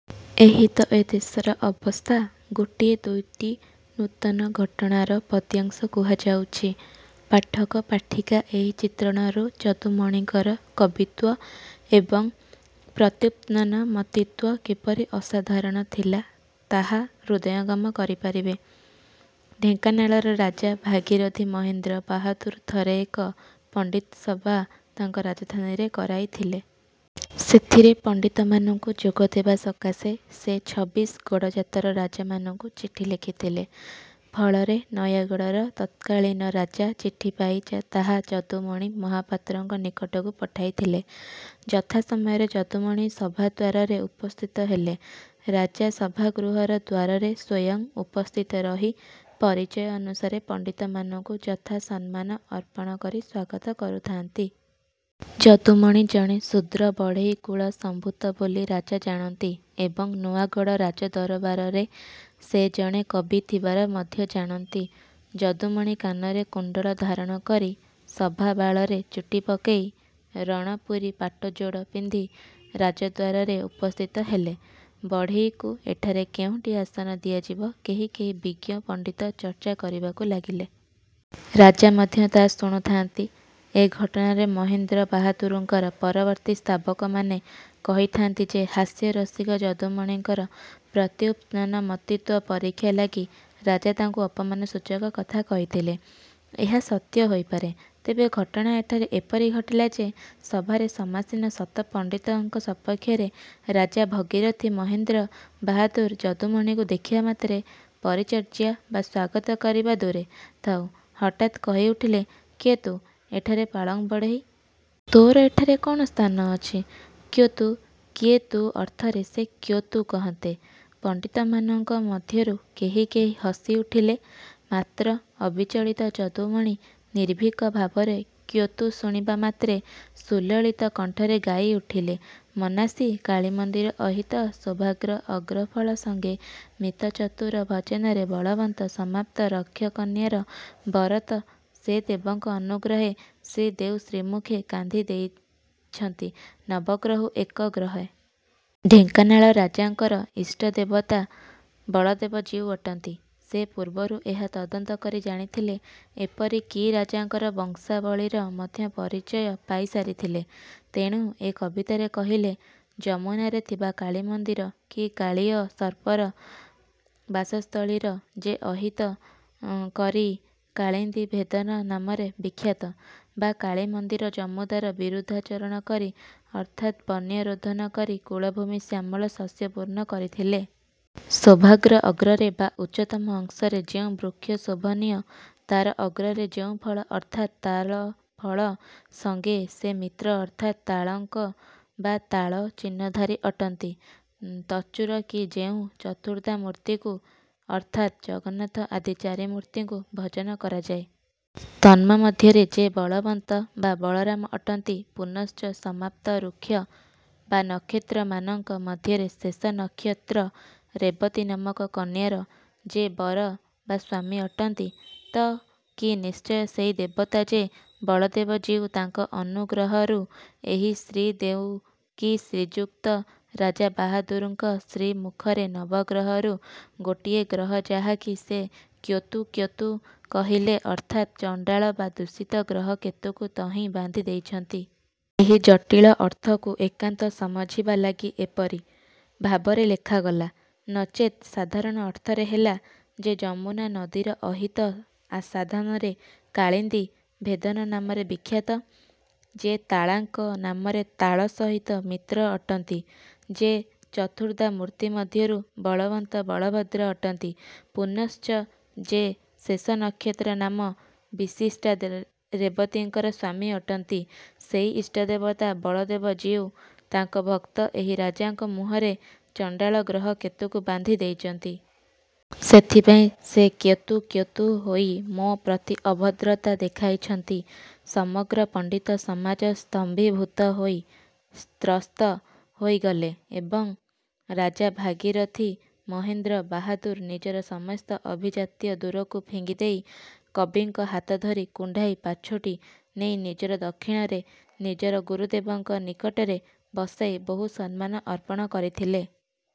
ଏହିତ ଏ ଦେଶର ଅବସ୍ଥା! ଗୋଟିଏ ଦୁଇଟି ନୂତନ ଘଟଣାର ପଦ୍ୟାଂଶ କୁହାଯାଉଛି। ପାଠକ ପାଠିକା ଏହି ଚିତ୍ରଣରୁ ଯଦୁମଣିଙ୍କର କବିତ୍ୱ ଏବଂ ପ୍ରତ୍ୟୁତ୍ପନ୍ନମତିତ୍ୱ କିପରି ଅସାଧାରଣ ଥିଲା, ତାହା ହୃଦୟଙ୍ଗମ କରିପାରିବେ। ଢ଼େଙ୍କାନାଳର ରାଜା ଭାଗୀରଧି ମହେନ୍ଦ୍ର ବାହାଦୁର ଥରେ ଏକ ପଣ୍ଡିତ ସଭା ତାଙ୍କ ରାଜଧାନୀରେ କରାଇଥିଲେ। ସେଥିରେ ପଣ୍ଡିତମାନଙ୍କୁ ଯୋଗ ଦେବା ସକାଶେ ସେ ଛବିଶ ଗଡ଼ଜାତର ରାଜାମାନଙ୍କୁ ଚିଠି ଲେଖିଥିଲେ। ଫଳରେ ନୟାଗଡ଼ର ତତ୍କାଳୀନ ରାଜା ଚିଠିପାଇ ତାହା ଯଦୁମଣି ମହାପାତ୍ରଙ୍କ ନିକଟକୁ ପଠାଇଥିଲେ। ଯଥାସମୟରେ ଯଦୁମଣି ସଭାଦ୍ୱାରରେ ଉପସ୍ଥିତ ହେଲେ। ରାଜା ସଭାଗୃହର ଦ୍ୱାରରେ ସ୍ୱୟଂ ଉପସ୍ଥିତ ରହି ପରିଚୟ ଅନୁସାରେ ପଣ୍ଡିତମାନଙ୍କୁ ଯଥା ସମ୍ମାନ ଅର୍ପଣ କରି ସ୍ୱାଗତ କରୁଥାନ୍ତି। ଯଦୁମଣି ଜଣେ ଶୂଦ୍ର ବଢ଼େଇକୁଳ ସମ୍ଭୂତ ବୋଲି ରାଜା ଜାଣନ୍ତି ଏବଂ ନୂଆଗଡ଼ ରାଜଦରବାରରେ ସେ ଜଣେ କବି ଥିବାର ମଧ୍ୟ ଜାଣନ୍ତି। ଯଦୁମଣି କାନରେ କୁଣ୍ଡଳ ଧାରଣ କରି, ସଭା ବାଳରେ ଚୁଟି ପକେଇ, ରଣପୁରୀ ପାଟଯୋଡ଼ ପିନ୍ଧି ରାଜଦ୍ୱାରରେ ଉପସ୍ଥିତ ହେଲେ। ବଢ଼େଇକୁ ଏଠାରେ କେଉଁଠି ଆସନ ଦିଆଯିବ କେହି କେହି ବିଜ୍ଞ ପଣ୍ଡିତ ଚର୍ଚ୍ଚା କରିବାକୁ ଲାଗିଲେ। ରାଜା ମଧ୍ୟ ତା ଶୁଣୁଥାନ୍ତି। ଏ ଘଟଣାରେ ମହେନ୍ଦ୍ର ବାହାଦୁରଙ୍କର ପରବର୍ତ୍ତୀ ସ୍ତାବକମାନେ କହିଥାନ୍ତି ଯେ ହାସ୍ୟରସିକ ଯଦୁମଣିଙ୍କର ପ୍ରତ୍ୟୁତ୍ପନ୍ନମତିତ୍ୱ ପରୀକ୍ଷା ଲାଗି ରାଜା ତାଙ୍କୁ ଅପମାନ ସୂଚକ କଥା କହିଥିଲେ। ଏହା ସତ୍ୟ ହୋଇପାରେ। ତେବେ ଘଟଣା ଏଠାରେ ଏପରି ଘଟିଲା ଯେ ସଭାରେ ସମାସୀନ ଶତ ପଣ୍ଡିତଙ୍କ ସପକ୍ଷରେ ରାଜା ଭଗୀରଥି ମହେନ୍ଦ୍ର ବାହାଦୁର ଯଦୁମଣିଙ୍କୁ ଦେଖିବା ମାତ୍ରେ ପରିଚର୍ଯ୍ୟା ବା ସ୍ୱାଗତ କରିବା ଦୂରେ ଥାଉ ହଠାତ୍ କହି ଉଠିଲେ- କ୍ୟେତୁ ଏଠାରେ ପାଂଳ ବଢ଼େଇ? ତୋର ଏଠାରେ କ'ଣ ସ୍ଥାନ ଅଛି। କ୍ୟେତୁ? କିଏ ତୁ ଅର୍ଥରେ ସେ କ୍ୟେତୁ କହନ୍ତେ, ପଣ୍ଡିତମାନଙ୍କ ମଧ୍ୟରୁ କେହି କେହି ହସି ଉଠିଲେ-। ମାତ୍ର ଅବିଚଳିତ ଯଦୁମଣି ନିର୍ଭୀକ ଭାବରେ 'କ୍ୟେତୁ' ଶୁଣିବା ମାତ୍ରେ ସୁଲଳିତ କଣ୍ଠରେ ଗାଇ ଉଠିଲେ- ମନାସି କାଳୀ ମନ୍ଦିର ଅହିତ ଶୋଭାଗ୍ର ଅଗ୍ରଫଳ ସଙ୍ଗେ ମିତ ଚତୁର ଭଜନରେ ବଳବନ୍ତ ସମାପ୍ତ ଋକ୍ଷ କନ୍ୟାର ବରତ ସେ ଦେବଙ୍କ ଅନୁଗ୍ରହେ ଶ୍ରୀ ଦେଉ ଶ୍ରୀମୁଖେ କାନ୍ଧି ଦେଇଛନ୍ତି ନବଗ୍ରହୁ ଏକ ଗ୍ରହେ। ଢେଙ୍କାନାଳ ରାଜାଙ୍କର ଇଷ୍ଟଦେବତା ବଳଦେବ ଜୀଉ ଅଟନ୍ତି। ସେ ପୂର୍ବରୁ ଏହା ତଦନ୍ତ କରି ଜାଣିଥିଲେ। ଏପରି କି ରାଜାଙ୍କର ବଂଶାବଳୀର ମଧ୍ୟ ପରିଚୟ ପାଇ ସାରିଥିଲେ। ତେଣୁ ଏ କବିତାରେ କହିଲେ- ଯମୁନାରେ ଥିବା କାଳୀ ମନ୍ଦିର କି କାଳୀୟ ସର୍ପର ବାସସ୍ଥଳୀର ଯେ ଅହିତ କରି କାଳିନ୍ଦି ଭେଦନ ନାମରେ ବିଖ୍ୟାତ, ବା କାଳୀ ମନ୍ଦିର ଯମୁଦାର ବିରୁଦ୍ଧାଚରଣ କରି ଅର୍ଥାତ୍ ବନ୍ୟାରୋଧନ କରି କୂଳଭୂମି ଶ୍ୟାମଳ ଶସ୍ୟପୂର୍ଣ୍ଣ କରିଥିଲେ। ଶୋଭାଗ୍ର ଅଗ୍ରରେ ବା ଉଚ୍ଚତମ ଅଂଶରେ ଯେଉଁ ବୃକ୍ଷ ଶୋଭନୀୟ ତାର ଅଗ୍ରରେ ଯେଉଁ ଫଳ ଅର୍ଥାତ୍ ତାଳଫଳ ସଙ୍ଗେ ସେ ମିତ୍ର ଅର୍ଥାତ୍ ''ତାଳାଙ୍କ" ବା ତାଳ ଚିହ୍ନଧାରୀ ଅଟନ୍ତି। ତଚୁର କି ଯେଉଁ ଚତୁର୍ଦ୍ଧାମୂର୍ତ୍ତିକୁ ଅର୍ଥାତ୍ ଜଗନ୍ନାଥ ଆଦି ଚାରିମୂର୍ତ୍ତିଙ୍କୁ ଭଜନ କରାଯାଏ, ତନ୍ମମଧ୍ୟରେ ଯେ ବଳବନ୍ତ ବା ବଳରାମ ଅଟନ୍ତି ପୁନଶ୍ଚ ସମାପ୍ତ ଋକ୍ଷ ବା ନକ୍ଷତ୍ରମାନଙ୍କ ମଧ୍ୟରେ ଶେଷ ନକ୍ଷତ୍ର ରେବତୀ ନାମକ କନ୍ୟାର ଯେ ବର ବା ସ୍ୱାମୀ ଅଟନ୍ତି 'ତ' କି ନିଶ୍ଚୟ ସେହି ଦେବତା ଯେ ବଳଦେବ ଜୀଉ ତାଙ୍କ ଅନୁଗ୍ରହରୁ ଏହି ଶ୍ରୀ ଦେଉ କି ଶ୍ରୀଯୁକ୍ତ ରାଜା ବାହାଦୁରଙ୍କ ଶ୍ରୀ ମୁଖରେ ନବଗ୍ରହରୁ ଗୋଟିଏ ଗ୍ରହ ଯାହାକି ସେ ''କ୍ୟେତୁ କ୍ୟେତୁ" କହିଲେ ଅର୍ଥାତ ଚଣ୍ଡାଳ ବା ଦୂଷିତ ଗ୍ରହ କେତୁକୁ ତହିଁ ବାନ୍ଧି ଦେଇଛନ୍ତି। ଏହି ଜଟୀଳ ଅର୍ଥକୁ ଏକାନ୍ତ ସମଝିବା ଲାଗି ଏପରି। ଭାବରେ ଲେଖାଗଲା। ନଚେତ୍ ସାଧାରଣ ଅର୍ଥରେ ହେଲା- ଯେ ଯମୁନା ନଦୀର ଅହିତ ସାଧାନରେ କାଳୀନ୍ଦି−ଭେଦନ ନାମରେ ବିଖ୍ୟାତ, ଯେ ତାଳାଙ୍କ ନାମରେ ତାଳ ସହିତ ମିତ୍ର ଅଟନ୍ତି, ଯେ ଚତୁର୍ଦ୍ଧାମୂର୍ତ୍ତି ମଧ୍ୟରୁ ବଳବନ୍ତ ବଳଭଦ୍ର ଅଟନ୍ତି ପୁନଶ୍ଚ ଯେ ଶେଷ ନକ୍ଷତ୍ର ନାମ ବିଶିଷ୍ଟା ରେବତୀଙ୍କର ସ୍ୱାମୀ ଅଟନ୍ତି, ସେଇ ଇଷ୍ଟଦେବତା ବଳଦେବ ଜୀଉ ତାଙ୍କ ଭକ୍ତ ଏହି ରାଜାଙ୍କ ମୁହଁରେ ଚଣ୍ଡାଳ ଗ୍ରହ କେତୁକୁ ବାନ୍ଧି ଦେଇଛନ୍ତି। ସେଥିପାଇଁ ସେ କ୍ୟେତୁ କ୍ୟେତୁ ହୋଇ ମୋ ପ୍ରତି ଅଭଦ୍ରତା ଦେଖାଇଛନ୍ତି। ସମଗ୍ର ପଣ୍ଡିତ ସମାଜ ସ୍ତମ୍ଭୀଭୂତ ହୋଇ ତ୍ରସ୍ତ ହୋଇଗଲେ ଏବଂ ରାଜା ଭାଗୀରଥି ମହେନ୍ଦ୍ର ବାହାଦୁର ନିଜର ସମସ୍ତ ଅଭିଜାତ୍ୟ ଦୂରକୁ ଫିଙ୍ଗିଦେଇ କବିଙ୍କ ହାତଧରି କୁଣ୍ଢାଇ ପାଛୋଟି ନେଇ ନିଜର ଦକ୍ଷିଣରେ ନିଜର ଗୁରୁଦେବଙ୍କ ନିକଟରେ ବସାଇ ବହୁ ସମ୍ମାନ ଅର୍ପଣ କରିଥିଲେ।